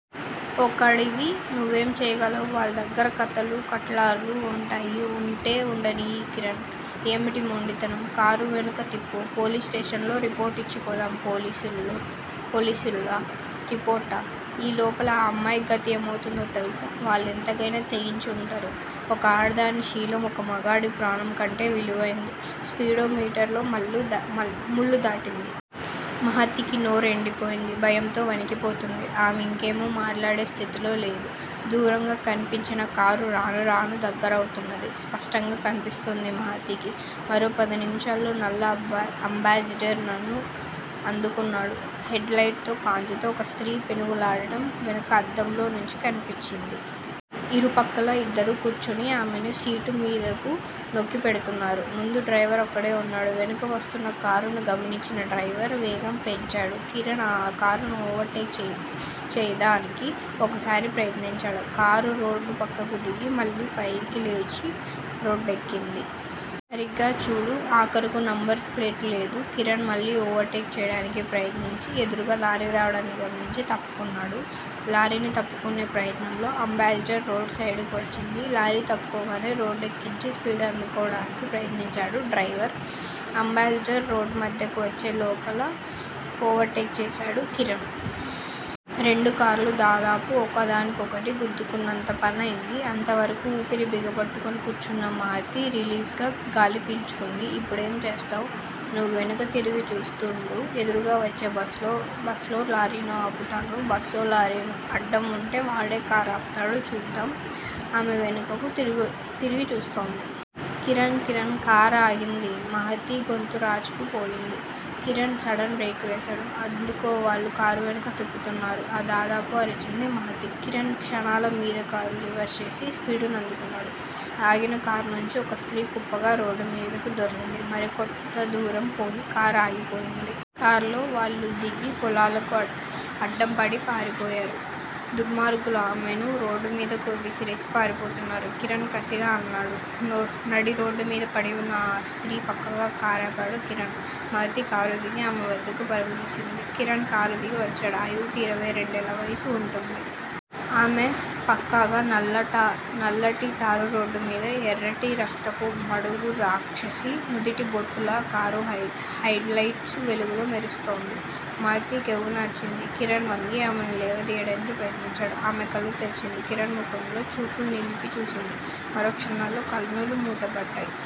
ఒక్కడివి, నువ్వేం చెయ్యగలవు. వాళ్ళ దగ్గర కత్తులు, కటార్లు వుంటాయి వుంటే వుండనియ్ కిరణ్, ఏమిటీ మొండితనం? కారు వెనక్కు తిప్పు. పోలీసు స్టేషన్ లో రిపోర్టు ఇచ్చి పోదాం పోలీసులా? రిపోర్టా? ఈలోపల ఆ అమ్మాయి గతి ఏమౌతుందో తెలుసా? వాళ్ళెంత కయినా తెగించే వుంటారు ఒక ఆడదాని శీలం ఒక మగాడి ప్రాణం కంటే విలువైంది స్పీడో మీటర్ లో ముల్లు దాటింది. మహతికి నోరు ఎండిపోతోంది. భయంతో వణికిపోతోంది. ఆమె ఇంకేమీ మాట్లాడే స్థితిలో లేదు. దూరంగా కన్పించిన కారు రానురాను దగ్గరౌతున్నది. స్పష్టంగా కన్పిస్తోంది మహతికి. మరో పది నిముషాల్లో నల్ల అంబాసిడర్ ను అందుకున్నాడు. హెడ్ లైట్ల కాంతిలో ఒక స్త్రీ పెనుగు లాడటం వెనక అద్దంలో నుంచి కన్పించింది. ఇరుపక్కలా ఇద్దరు కూర్చుని ఆమెను సీటు మీదకు నొక్కిపెడుతున్నారు. ముందు డ్రైవర్ ఒక్కడే వున్నాడు. వెనక వస్తున్న కారును గమనించిన డ్రైవర్ వేగం పెంచాడు. కిరణ్ ఆ కారును ఓవర్ టేక్ చెయ్యదానికి ఒకసారి ప్రయత్నించాడు. కారు రోడ్డు పక్కకు దిగి, మళ్ళీ పైకి లేచి రోడ్డెక్కింది. సరిగ్గా చూడు. ఆకారుకు నంబరు ప్లేటు లేదు. కిరణ్ మళ్ళీ ఓవర్ టేక్ చెయ్యడానికి ప్రయత్నించి, ఎదురుగా లారీ రావడాన్ని గమనించి తప్పుకున్నాడు. లారీని తప్పుకునే ప్రయత్నంలో అంబాసిడర్ రోడ్డు సైడుకు వచ్చింది. లారీ తప్పుకోగానే రోడ్డు ఎక్కించి స్పీడు అందుకోవడానికి ప్రయత్నించాడు డ్రైవర్. అంబాసిడర్ రోడ్డు మధ్యకు వచ్చే లోపలే ఓవర్ టేక్ చేశాడు కిరణ్. రెండు కార్లూ దాదాపు ఒకదాన్నొకటి గుద్దుకున్నంత పనైంది. అంతవరకూ ఊపిరి బిగబట్టుకుని కూర్చున్న మహతి రిలీఫ్ గా గాలి పీల్చుకుంది. ఇప్పుడేం చేస్తావ్? నువ్వు వెనక్కు తిరిగి చూస్తుండు. ఎదురుగా వచ్చేబస్సునో, లారీనో ఆపుతాను. బస్సో, లారీనో అడ్డంవుంటే వాడే కారు ఆపుతాడు చూద్దాం ఆమె వెనక్కు తిరిగిచూస్తోంది. కిరణ్! కిరణ్! కారాగింది మహతి గొంతురాచుకు పోయింది. కిరణ్ సడన్ బ్రేకువేశాడు. అదుగో వాళ్ళు కారువెనక్కు తిప్పుతున్నారు దాదాపు అరిచింది మహతి. కిరణ్ క్షణాల మీధకారు రివర్స్ చేసి స్పీడు నందుకున్నాడు. ఆగిన కారు నుంచి ఒక స్త్రీ కుప్పగా రోడ్డుమీదకు దొర్లింది. మరికొంత దూరం పోయి కారు ఆగిపోయింది. కారులో వాళ్ళుదిగి పొలాలకు అడ్డంపడి పారిపోయారు. దుర్మార్గులు ఆమెనురోడ్డుమీదకు విసిరేసి పారిపోతున్నారు కిరణ్ కసిగా అన్నాడు. నడిరోడ్డు మీద పడివున్న ఆ స్త్రీ పక్కగా కారాపాడు కిరణ్. మహతి కారుదిగి ఆమె వద్దకు పరుగు తీసింది. కిరణ్ కారు దిగి వచ్చాడు. ఆ యువతి ఇరవై రెండేళ్ళ వయసు వుంటుంది. ఆమె పక్కగా నల్లటితారురోడ్డు మీద ఎర్రటిరక్తపు మడుగు రాక్షసి నుదుటిబొట్టులా కారు హెడ్ లైట్సు వెలుగులో మెరుస్తోంది. మహతి కెవ్వున అరిచింది. కిరణ్ వంగి ఆమెను లేవదీయడానికి ప్రయత్నించాడు. ఆమె కళ్ళు తెరిచింది. కిరణ్ ముఖంలో చూపులు నిలిపి చూసింది. మరోక్షణంలో కళ్ళు మూతలు పడ్డాయి.